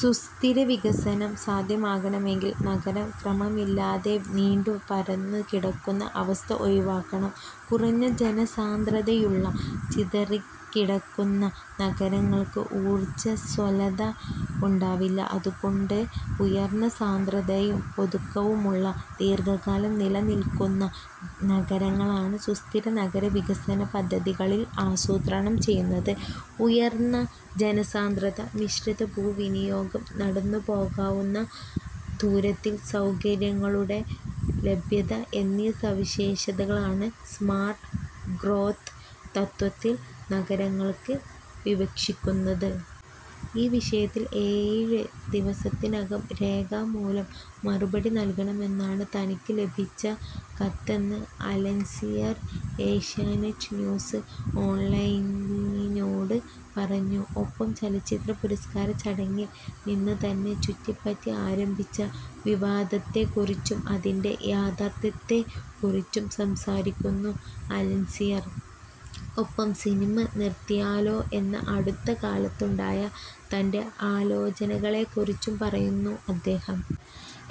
സുസ്ഥിര വികസനം സാധ്യമാകണമെങ്കിൽ നഗരം ക്രമമില്ലാതെ നീണ്ടു പരന്നു കിടക്കുന്ന അവസ്ഥ ഒഴിവാക്കണം. കുറഞ്ഞ ജനസാന്ദ്രതയുള്ള, ചിതറിക്കിടക്കുന്ന നഗരങ്ങൾക്ക് ഊർജസ്വലത ഉണ്ടാവില്ല. അതുകൊണ്ട് ഉയർന്ന സാന്ദ്രതയും ഒതുക്കവുമുള്ള, ദീർഘകാലം നിലനില്ക്കുന്ന നഗരങ്ങളാണ് സുസ്ഥിര നഗരവികസന പദ്ധതികളിൽ ആസൂത്രണം ചെയ്യുന്നത്. ഉയർന്ന ജനസാന്ദ്രത, മിശ്രിത ഭൂവിനിയോഗം, നടന്നുപോകാവുന്ന ദൂരത്തിൽ സൌകര്യങ്ങളുടെ ലഭ്യത എന്നീ സവിശേഷതകളാണ് സ്മാർട്ട് ഗ്രോത്ത് തത്ത്വത്തിൽ നഗരങ്ങൾക്ക് വിവക്ഷിക്കുന്നത്. ഈ വിഷയത്തിൽ ഏഴ് ദിവസത്തിനകം രേഖാമൂലം മറുപടി നൽകണമെന്നാണ് തനിക്ക് ലഭിച്ച കത്തെന്ന് അലൻസിയർ ഏഷ്യാനെറ്റ് ന്യൂസ് ഓൺലൈനിനോട് പറഞ്ഞു. ഒപ്പം ചലച്ചിത്ര പുരസ്കാര ചടങ്ങിൽ നിന്ന് തന്നെ ചുറ്റിപ്പറ്റി ആരംഭിച്ച വിവാദത്തെക്കുറിച്ചും അതിൻറെ യാഥാർഥ്യത്തെക്കുറിച്ചും സംസാരിക്കുന്നു അലൻസിയർ. ഒപ്പം സിനിമ നിർത്തിയാലോ എന്ന അടുത്തകാലത്തുണ്ടായ തൻറെ ആലോചനകളെക്കുറിച്ചും പറയുന്നു അദ്ദേഹം.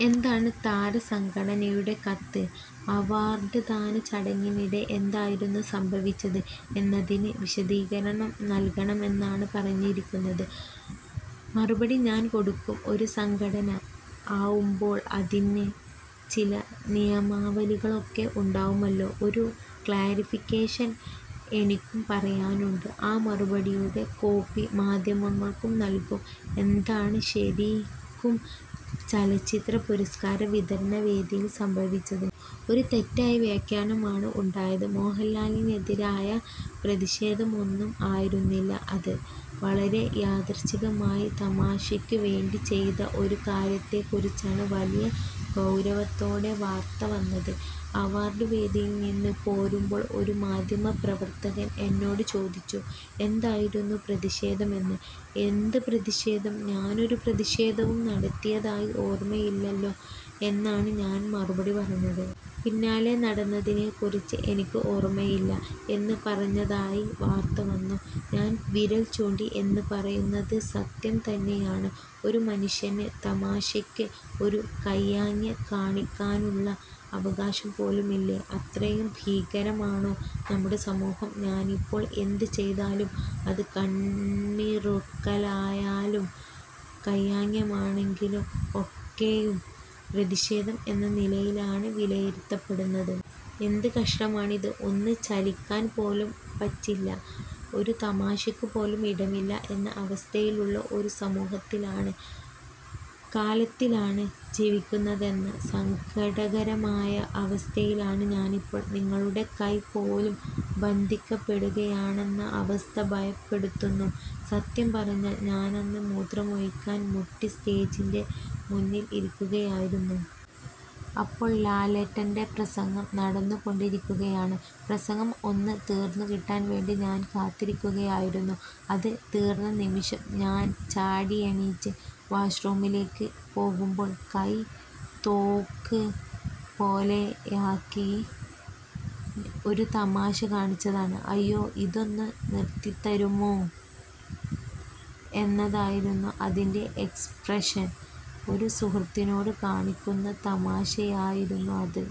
എന്താണ് താരസംഘടനയുടെ കത്ത്? അവാർഡ്ദാന ചടങ്ങിനിടെ എന്തായിരുന്നു സംഭവിച്ചത് എന്നതിന് വിശദീകരണം നൽകണമെന്നാണ് പറഞ്ഞിരിക്കുന്നത്. മറുപടി ഞാൻ കൊടുക്കും. ഒരു സംഘടന ആവുമ്പോൾ അതിന് ചില നിയമാവലികളൊക്കെ ഉണ്ടാവുമല്ലോ. ഒരു ക്ലാരിഫിക്കേഷൻ എനിക്കും പറയാനുണ്ട്. ആ മറുപടിയുടെ കോപ്പി മാധ്യമങ്ങൾക്കും നൽകും. എന്താണ് ശരിക്കും ചലച്ചിത്ര പുരസ്കാര വിതരണ വേദിയിൽ സംഭവിച്ചത്? ഒരു തെറ്റായ വ്യാഖ്യാനമാണ് ഉണ്ടായത്. മോഹൻലാലിനെതിരായ പ്രതിഷേധമൊന്നും ആയിരുന്നില്ല അത്. വളരെ യാദൃശ്ചികമായി തമാശയ്ക്ക് വേണ്ടി ചെയ്ത ഒരു കാര്യത്തെക്കുറിച്ചാണ് വലിയ ഗൌരവത്തോടെ വാർത്ത വന്നത്. അവാർഡ് വേദിയിൽ നിന്ന് പോരുമ്പോൾ ഒരു മാധ്യമപ്രവർത്തകൻ എന്നോട് ചോദിച്ചു, എന്തായിരുന്നു പ്രതിഷേധമെന്ന്. എന്ത് പ്രതിഷേധം, ഞാനൊരു പ്രതിഷേധവും നടത്തിയതായി ഓർമ്മയില്ലല്ലോ എന്നാണ് ഞാൻ മറുപടി പറഞ്ഞത്. പിന്നാലെ, നടന്നതിനെക്കുറിച്ച് എനിക്ക് ഓർമ്മയില്ല എന്ന് പറഞ്ഞതായി വാർത്ത വന്നു. ഞാൻ വിരൽ ചൂണ്ടി എന്ന് പറയുന്നത് സത്യം തന്നെയാണ്. ഒരു മനുഷ്യന് തമാശയ്ക്ക് ഒരു കൈയാംഗ്യം കാണിക്കാനുള്ള അവകാശം പോലുമില്ലേ? അത്രയും ഭീകരമാണോ നമ്മുടെ സമൂഹം? ഞാനിപ്പോൾ എന്ത് ചെയ്താലും, അത് കണ്ണിറുക്കലായാലും കൈയാംഗ്യമാണെങ്കിലും ഒക്കെയും പ്രതീഷേധം എന്ന നിലയിലാണ് വിലയിരുത്തപ്പെടുന്നത്. എന്ത് കഷ്ടമാണിത്? ഒന്ന് ചലിക്കാൻ പോലും പറ്റില്ല, ഒരു തമാശയ്ക്ക് പോലും ഇടമില്ല എന്ന അവസ്ഥയിലുള്ള ഒരു സമൂഹത്തിലാണ്, കാലത്തിലാണ് ജീവിക്കുന്നതെന്ന സങ്കടകരമായ അവസ്ഥയിലാണ് ഞാനിപ്പോൾ. നിങ്ങളുടെ കൈ പോലും ബന്ധിക്കപ്പെടുകയാണെന്ന അവസ്ഥ ഭയപ്പെടുത്തുന്നു. സത്യം പറഞ്ഞാൽ ഞാനന്ന് മൂത്രമൊഴിക്കാൻ മുട്ടി സ്റ്റേജിൻറെ മുന്നിൽ ഇരിക്കുകയായിരുന്നു. അപ്പോൾ ലാലേട്ടൻറെ പ്രസംഗം നടന്നുകൊണ്ടിരിക്കുകയാണ്. പ്രസംഗം ഒന്ന് തീർന്നുകിട്ടാൻവേണ്ടി ഞാൻ കാത്തിരിക്കുകയായിരുന്നു. അത് തീർന്നനിമിഷം ഞാൻചാടിയെണീറ്റ് വാഷ് റൂമിലേക്ക് പോകുമ്പോൾ കൈ തോക്ക് പോലെയാക്കി ഒരു തമാശ കാണിച്ചതാണ്. ' അയ്യോ ഇതൊന്ന് നിർത്തിത്തരുമോ ' എന്നതായിരുന്നു അതിൻറെ എക്സ്പ്രഷൻ. ഒരു സുഹൃത്തിനോട് കാണിക്കുന്ന തമാശയായിരുന്നു അത്.